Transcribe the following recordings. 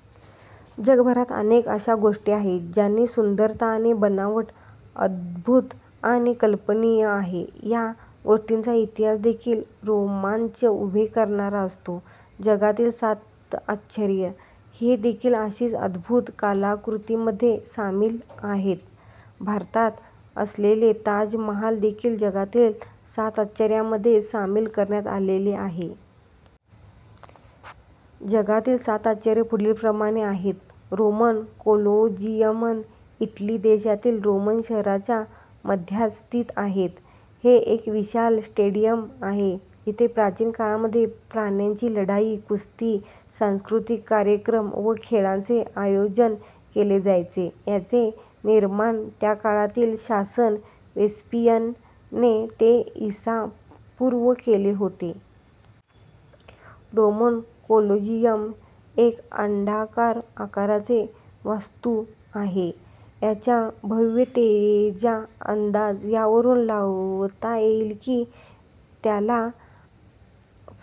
: जगभरात अनेक अशा गोष्टी आहेत ज्यांची सुंदरता आणि बनावट अद्भुत आणि अकल्पनीय आहे. या गोष्टींचा इतिहास देखील रोमांच उभे करणारा असतो. जगातील सात आश्चर्य ही देखील अशीच अद्भुत कलाकृतींमध्ये सामील आहेत. भारतात असलेले ताज महाल देखील जगातील सात आश्चर्यांमध्ये सामील करण्यात आलेले आहे. जगातील सात आश्चर्य पुढीलप्रमाणे आहेत रोमन कोलोजियम इटली देशातील रोम शहराच्या मध्यात स्थित आहे. हे एक विशाल स्टेडियम आहे जेथे प्राचीन काळामध्ये प्राण्यांची लढाई, कुस्ती, सांस्कृतिक कार्यक्रम व खेळांचे आयोजन केले जायचे. याचे निर्माण त्याकाळातील शासक वेस्पियन ने ते ईसा पूर्व केले होते. रोमन कोलोजियम एक अंडाकार आकाराचे वास्तू आहे. याच्या भव्यतेचा अंदाज यावरून लावता येईल की याला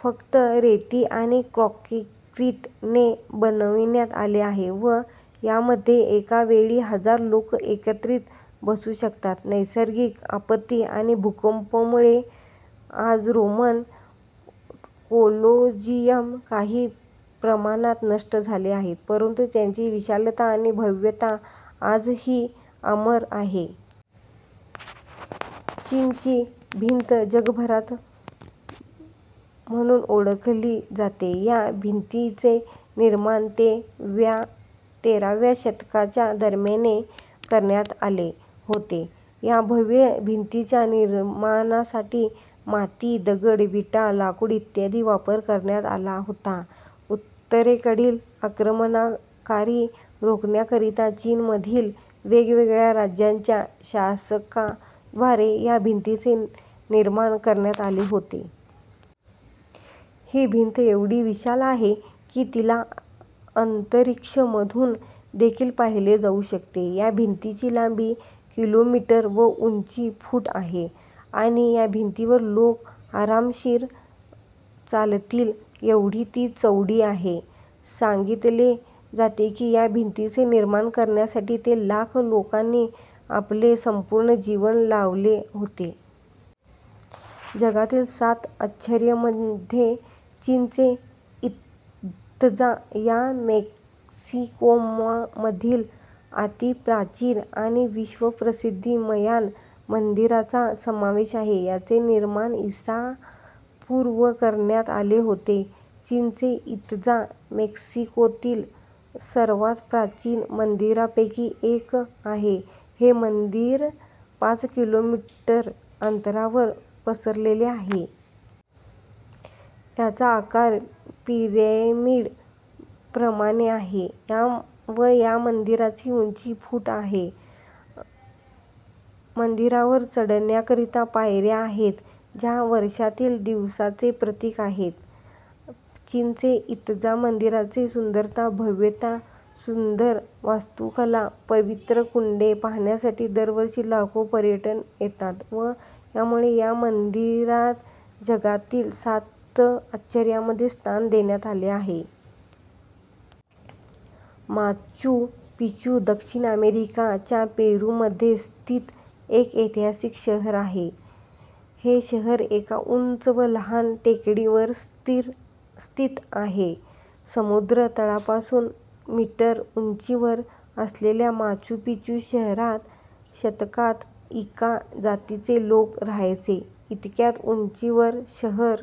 फक्त रेती आणि काँक्रिट ने बनवण्यात आले आहे व यामध्ये एका वेळी हजार लोक एकत्रित बसू शकतात. नैसर्गिक आपत्ती आणि भूकंप मुळे आज रोमन कोलोजियम काही प्रमाणात नष्ट झाले आहे परंतु त्याची विशालता आणि भव्यता आजही अमर आहे. चीनची भिंत जगभरात म्हणून ओळखली जाते. या भिंतीचे निर्माण ते व्या शतकाच्या दरम्यान करण्यात आले होते. या भव्य भिंतीच्या निर्माणासाठी माती, दगड, विटा, लाकूड इत्यादींचा वापर करण्यात आला होता. उत्तरेकडील आक्रमणकारी रोखण्याकरिता चीनमधील वेगवेगळ्या राज्यांच्या शासका द्वारे या भिंतीचे निर्माण करण्यात आले होते. ही भिंत एवढी विशाल आहे की तिला अंतरिक्ष मधून देखील पाहिले जाऊ शकते. या भिंतीची लांबी किलोमीटर व उंची फूट आहे. आणि या भिंतीवर लोक आरामशीर चालतील एवढी ती चौडी आहे. सांगितले जाते की या भिंतीचे निर्माण करण्यासाठी ते लाख लोकांनी आपले संपूर्ण जीवन लावले होते. जगातील सात आश्चर्य मध्ये चीचेन इत्जा या मेक्सिकोमधील अती प्राचीन आणि विश्व प्रसिद्ध मयान मंदिराचा समावेश आहे. याचे निर्माण ईसा पूर्व करण्यात आले होते. चीचेन इत्जा मेक्सिकोतील सर्वात प्राचीन मंदिरांपैकी एक आहे. हे मंदिर पाच किलोमीटर अंतरात पसरलेले आहे. याचा आकार पिरॅमिड प्रमाणे आहे. व या मंदिराची उंची फूट आहे. मंदिरावर चढण्याकरिता पायऱ्या आहेत, ज्या वर्षातील दिवसांचे प्रतीक आहेत. चीचेन इत्जा मंदिराची सुंदरता, भव्यता, सुंदर वास्तुकला, पवित्र कुंडे पाहण्यासाठी दरवर्षी लाखो पर्यटक येतात व यामुळेच या मंदिराला जगातील सात आश्चर्यांमध्ये स्थान देण्यात आले आहे. माचू पिचू दक्षिण अमेरिका च्या पेरू मध्ये स्थित एक ऐतिहासिक शहर आहे. हे शहर एका उंच व लहान टेकडीवर स्थित आहे. समुद्र तळापासून मीटर उंचीवर असलेल्या माचू पिचू शहरात शतकात इंका जातीचे लोक राहायचे. इतक्या उंचीवर शहर